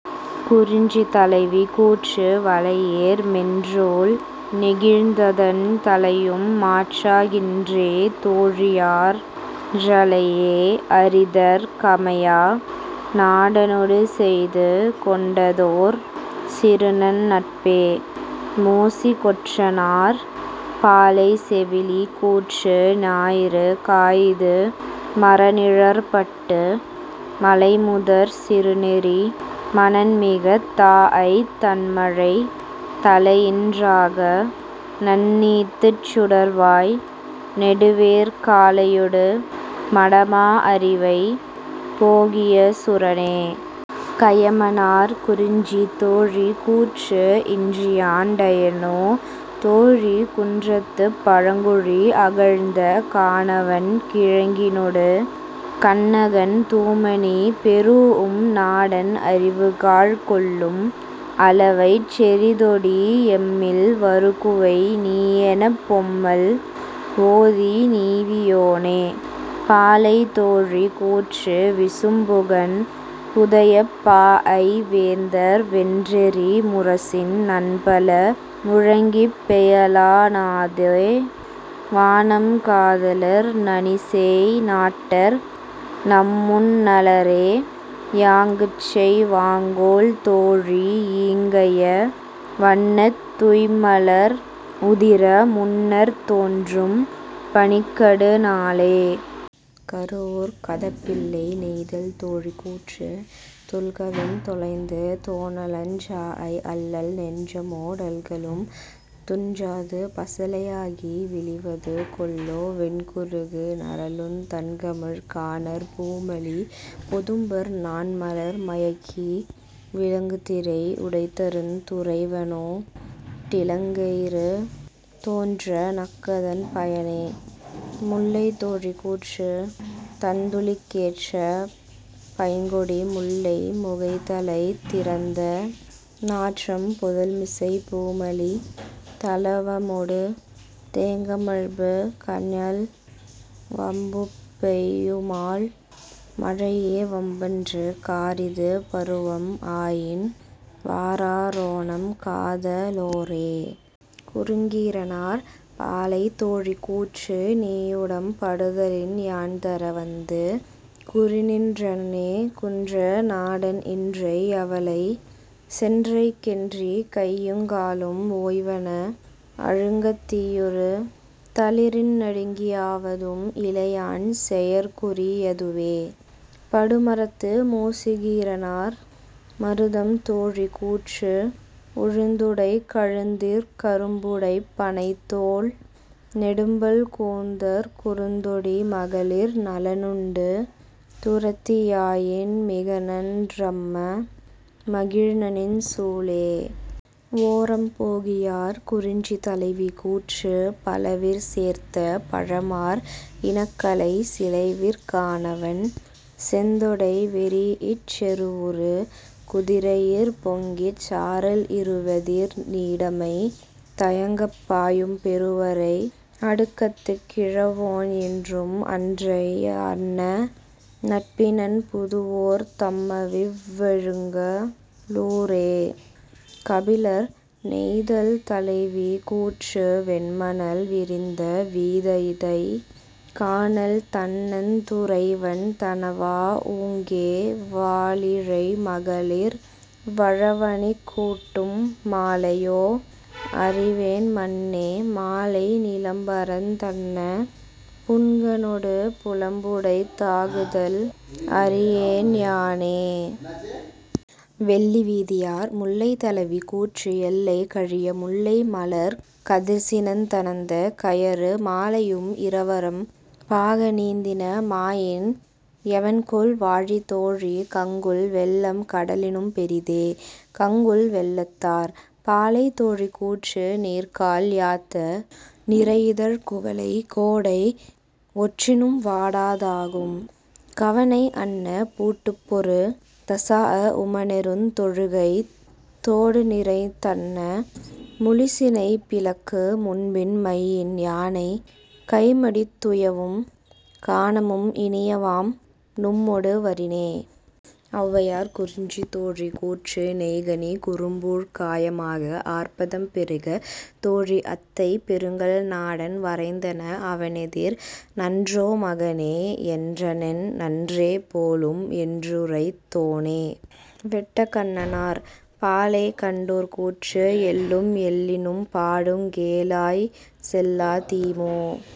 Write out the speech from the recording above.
குறிஞ்சி தலைவி கூற்று வளையேர் மென்றோள் ஞெகிழ்ந்ததன் தலையும் மாற்றா கின்றே தோழியாற் றலையே அறிதற் கமையா நாடனொடு செய்து கொண்டதோர் சிறுநன் னட்பே. -மோசி கொற்றனார்.. பாலை செவிலி கூற்று ஞாயிறு காயாது மரநிழற் பட்டு மலைமுதற் சிறுநெறி மணன்மிகத் தாஅய்த் தண்மழை தலையின் றாக நந்நீத்துச் சுடர்வாய் நெடுவேற் காளையொடு மடமா அரிவை போகிய சுரனே. -கயமனார்.. குறிஞ்சி தோழி கூற்று இன்றியாண் டையனோ தோழி குன்றத்துப் பழங்குழி அகழ்ந்த கானவன் கிழங்கினொடு கண்ணகன் தூமணி பெறூஉம் நாடன் அறிவுகாழ்க் கொள்ளும் அளவைச் செறிதொடி எம்மில் வருகுவை நீயெனப் பொம்மல் ஓதி நீவி யோனே.. பாலை தோழி கூற்று விசும்புகண் புதையப் பாஅய் வேந்தர் வென்றெறி முரசின் நன்பல முழங்கிப் பெயலா னாதே வானம் காதலர் நனிசேய் நாட்டர் நம்முன் னலரே யாங்குச்செய் வாங்கொல் தோழி யீங்கைய வண்ணத் துய்ம்மலர் உதிர முன்னர்த் தோன்றும் பனிக்கடு நாளே. -கருவூர்க் கதப்பிள்ளை.. நெய்தல் தோழி கூற்று தொல்கவின் தொலைந்து தோணலஞ் சாஅய் அல்லல் நெஞ்சமோ டல்கலும் துஞ்சாது பசலை யாகி விளிவது கொல்லோ வெண்குருகு நரலுந் தண்கமழ் கானற் பூமலி பொதும்பர் நாண்மலர் மயக்கி விலங்குதிரை உடைதருந் துறைவனொ டிலங்கெயிறு தோன்ற நக்கதன் பயனே.. முல்லை தோழி கூற்று தண்துளிக் கேற்ற பைங்கொடி முல்லை முகைதலைத் திறந்த நாற்றம் புதல்மிசை பூமலி தளவமொடு தேங்கமழ்பு கஞல வம்புப் பெய்யுமால் மழையே வம்பன்று காரிது பருவம் ஆயின் வாரா ரோநம் காத லோரே. -குறுங்கீரனார்.. பாலை தோழி கூற்று நீயுடம் படுதலின் யான்தர வந்து குறிநின் றனனே குன்ற நாடன் இன்றை யளவை சென்றைக் கென்றி கையுங் காலும் ஓய்வன அழுங்கத் தீயுறு தளிரின் நடுங்கி யாவதும் இலையான் செயற்குரி யதுவே. -படுமரத்து மோசிகீரனார்.. மருதம் தோழி கூற்று உழுந்துடைக் கழுந்திற் கரும்புடைப் பணைத்தோள் நெடும்பல் கூந்தற் குறுந்தொடி மகளிர் நலனுண்டு துறத்தி யாயின் மிகநன் றம்ம மகிழ்நநின் சூளே. -ஓரம்போவியார்.. குறிஞ்சி தலைவி கூற்று பலவிற் சேர்ந்த பழமார் இனக்கலை சிலைவிற் கானவன் செந்தொடை வெரீஇச் செருவுறு குதிரையிற் பொங்கிச் சாரல் இருவெதிர் நீடமை தயங்கப் பாயும் பெருவரை அடுக்கத்துக் கிழவோன் என்றும் அன்றை யன்ன நட்பினன் புதுவோர்த் தம்மவிவ் வழுங்க லூரே. -கபிலர்.. நெய்தல் தலைவி கூற்று வெண்மணல் விரிந்த வீததை கானல் தண்ணந் துறைவன் தணவா ஊங்கே வாலிழை மகளிர் விழவணிக் கூட்டும் மாலையோ அறிவேன் மன்னே மாலை நிலம்பரந் தன்ன புன்கணொடு புலம்புடைத் தாகுதல் அறியேன் யானே. -வெள்ளிவீதியார்.. முல்லை தலைவி கூற்று எல்லை கழிய முல்லை மலர்க் கதிர்சினந் தணிந்த கையறு மாலையும் இரவரம் பாக நீந்தின மாயின் எவன்கொல் வாழி தோழி கங்குல் வெள்ளம் கடலினும் பெரிதே. -கங்குல் வெள்ளத்தார்.. பாலை தோழி கூற்று நீர்கால் யாத்த நிரையிதழ்க் குவளை கோடை ஒற்றினும் வாடா தாகும் கவணை அன்ன பூட்டுப்பொரு தசாஅ உமணெருத் தொழுகைத் தோடுநிரைத் தன்ன முளிசினை பிளக்கு முன்பின் மையின் யானை கைமடித் துயவும் கானமும் இனியவாம் நும்மொடு வரினே. -ஔவையார்.. குறிஞ்சி தோழி கூற்று நெய்கனி குறும்பூழ் காய மாக ஆர்பதம் பெறுக தோழி அத்தை பெருங்கல் நாடன் வரைந்தென அவனெதிர் நன்றோ மகனே யென்றனென் நன்றே போலும் என்றுரைத் தோனே. -வேட்டகண்ணனார்.. பாலை கண்டோர் கூற்று எல்லும் எல்லின்று பாடுங் கேளாய் செல்லா தீமோ